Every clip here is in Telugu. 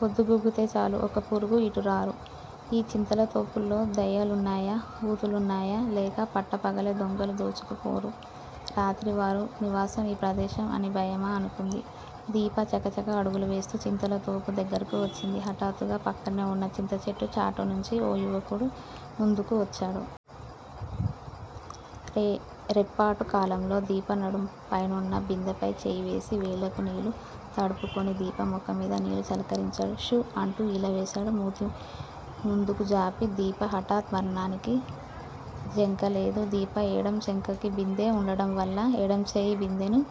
పొద్దుగూకితే చాలు ఒక్క పురుగు ఇటు రారు. ఈ చింతలతోపులో దెయ్యాలున్నాయా? భూతాలున్నాయా? లేక పట్టపగలే దొంగలు దోచుకుపోరు. రాత్రి వారి నివాసం ఈ ప్రదేశం అని భయమా? అనుకుంది. దీప చకచక అడుగులు వేస్తు చింతలతోపు దగ్గరకు వచ్చింది. హఠాత్తుగా పక్కనే వున్న చింతచెట్టు చాటునుంచి ఓ యువకుడు ముందుకు వచ్చాడు. రెప్పపాటు కాలంలో దీప నడుం పైనున్న బిందెపై చెయ్యివేసి వేళ్ళకి నీళ్ళు తడుపుకుని దీప ముఖంమీద నీళ్ళు చిలకరించాడు. షూ అంటూ ఈలవేశాడు మూతి ముందుకు జాపి. దీప హఠాత్ పరిణామానికి జంకలేదు. దీప ఎడం చంకకి బిందె వుండటంవల్ల ఎడంచెయ్యి బిందెని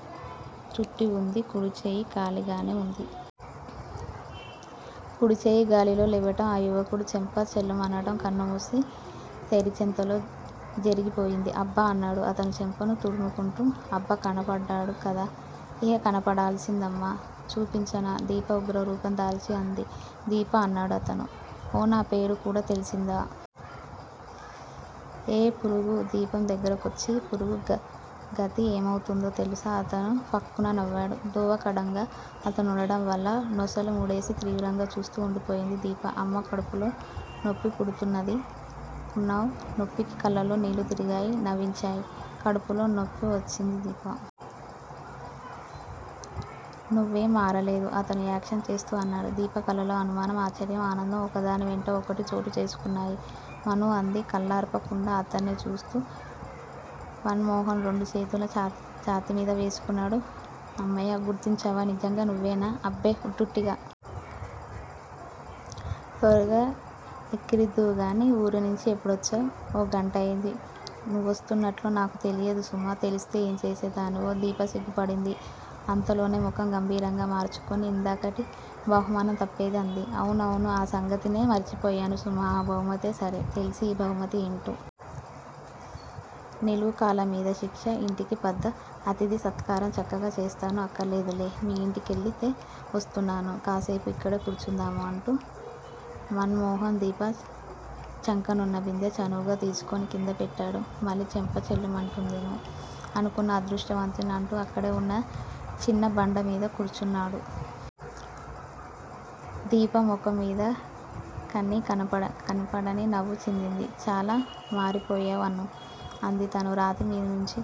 చుట్టివుంది. కుడిచెయ్యి ఖాళీగానే వుంది. కుడిచెయ్యి గాలిలో లేవటం ఆ యువకుడి చెంప ఛెళ్లుమనటం కన్నుమూసి తెరిచేంతలో జరిగిపోయింది. అబ్బా! అన్నాడు అతను చెంపను తుడుముకుంటూ. అబ్బ కనపడ్డాడు కదా? ఇహ కనపడాల్సింది అమ్మ. చూపించనా? దీప ఉగ్రరూపం దాల్చి అంది. దీపా! అన్నాడు అతను. ఓ నా పేరు కూడా తెలిసిందా? ఏయ్ పురుగూ, దీపందగ్గర కొచ్చిన పురుగు గతి ఏమవుతుందో తెలుసా. అతను ఫక్కున నవ్వాడు. దోవ కడ్డంగా అతను వుండటం వల్ల నొసలు ముడేసి తీవ్రంగా చూస్తూ వుండిపోయింది దీప. అమ్మా, కడుపులో నొప్పిపుడుతున్నది. కొట్టావ్, నొప్పికి కళ్ళల్లో నీళ్ళుతిరిగాయి. నవ్వించావ్, కడుపులో నొప్పివచ్చింది. దీపా! నువ్వేం మారలేదు అతను యాక్షన్ చేస్తూ అన్నాడు. దీప కళ్ళల్లో అనుమానం, ఆశ్చర్యం, ఆనందం ఒక దాని వెంట ఒకటి చోటు చేసుకున్నాయి. మనూ! అంది కళ్ళార్పకుండా అతన్నే చూస్తూ. మన్ మోహన్ రెండు చేతులు ఛాతీమీద వేసుకున్నాడు. అమ్మయ్య, గుర్తించావ్! నిజంగా నువ్వేనా? అబ్బే ఉట్టిట్టిగా. తర్వాగా ఎక్కిరిద్దువుగాని, ఊరునుంచి ఎప్పుడొచ్చావ్? ఓ గంటయింది. నువ్వొస్తున్నట్లు నాకు తెలియదు సుమా? తెలిస్తే ఏం చేసేదానివో? దీప సిగ్గుపడింది. అంతలోనే ముఖం గంభీరంగా మార్చుకుని ఇందాకటి బహుమానం తప్పేది అంది. అవునవును, ఆ సంగతే నే మర్చిపోయాను సుమా? ఆ బహుమతి సరే! తెలిసి ఈ బహుమతి ఏమిటోయ్? నిలువు కాళ్ళమీద శిక్ష. ఇంటికి పద, అతిధి సత్కారం చక్కగా చేస్తాను అక్కరలేదులే. మీ ఇంటి కెళ్ళే వస్తున్నాను. కాసేపు ఇక్కడే కూర్చుందాము అంటూ మన్ మోహన్, దీప చంకనున్న బిందె చనువుగా తీసుకుని కిందపెట్టాడు. మళ్ళీ చెంప ఛెళ్ళుమంటుందేమో అనుకున్నా అదృష్టవంతుడ్ని అంటూ అక్కడే వున్న చిన్న బండమీద కూర్చున్నాడు. దీప ముఖంమీద కనీ కనపడని నవ్వు చిందింది. చాలా మారిపొయ్యావ్ మనూ! అంది తనూ రాతి మీద కూర్చుంటూ.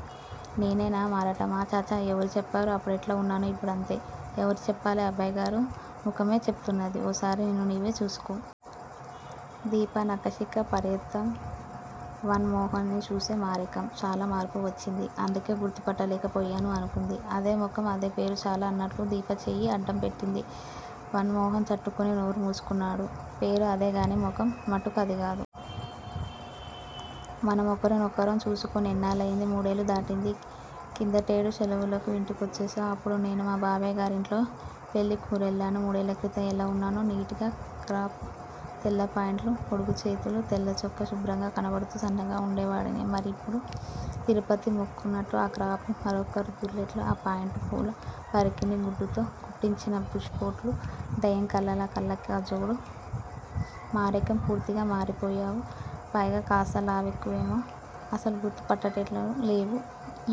నేనా? మారటమా? ఛా ఛా ఎవరు చెప్పారు? అప్పుడెట్లా వున్నానో ఇప్పుడూ అంతే. ఎవరు చెప్పాలి, అబ్బాయిగారి ముఖమే చెపుతున్నది. ఓ సారి నిన్ను నీవే చూసుకో. దీప నఖశిఖ పర్యంతం మన్ మోహన్ ని చూసి మారకేం, చాలా మార్పు వచ్చింది. అందుకే గుర్తుపట్టలేక పోయాను అనుకుంది. అదే ముఖం అదే పేరు చాలు అన్నట్లు దీప చెయ్యి అడ్డంపెట్టింది. మన్ మోహన్ చటుక్కున నోరు మూసుకున్నాడు. పేరు అదేగాని ముఖం మటుకు అదిగాదు. మనం ఒకరినొకరం చూసుకుని ఎన్నాళ్ళయింది? మూడేళ్ళు దాటింది. కిందటేడు శలవులకి ఇంటికొచ్చావ్, అప్పుడు నేను మా బాబయ్యగారింట్లో పెళ్ళికి ఊరెళ్ళాను. మూడేళ్ళక్రితం ఎలా వున్నావ్? నీట్ గా క్రాపు, తెల్లపాంటు, పొడుగుచేతుల తెల్ల చొక్కా, శుభ్రంగా కనపడుతూ సన్నగా వుండేవాడివి. మరి ఇప్పుడో? తిరుపతి మొక్కున్నట్లు ఆ క్రాపు, మరొకరు దూరేట్లున్న ఆ పాంటు, పూల పరికిణీ గుడ్డతో కుట్టించిన బుష్ కోటు, దెయ్యం కళ్ళలా కళ్ళకి ఆ జోడు మారకేం పూర్తిగా మారిపొయ్యావు. పైగా కాస్త లావెక్కావేమే అసలు గుర్తు పట్టేటట్లు లేవు. ఈ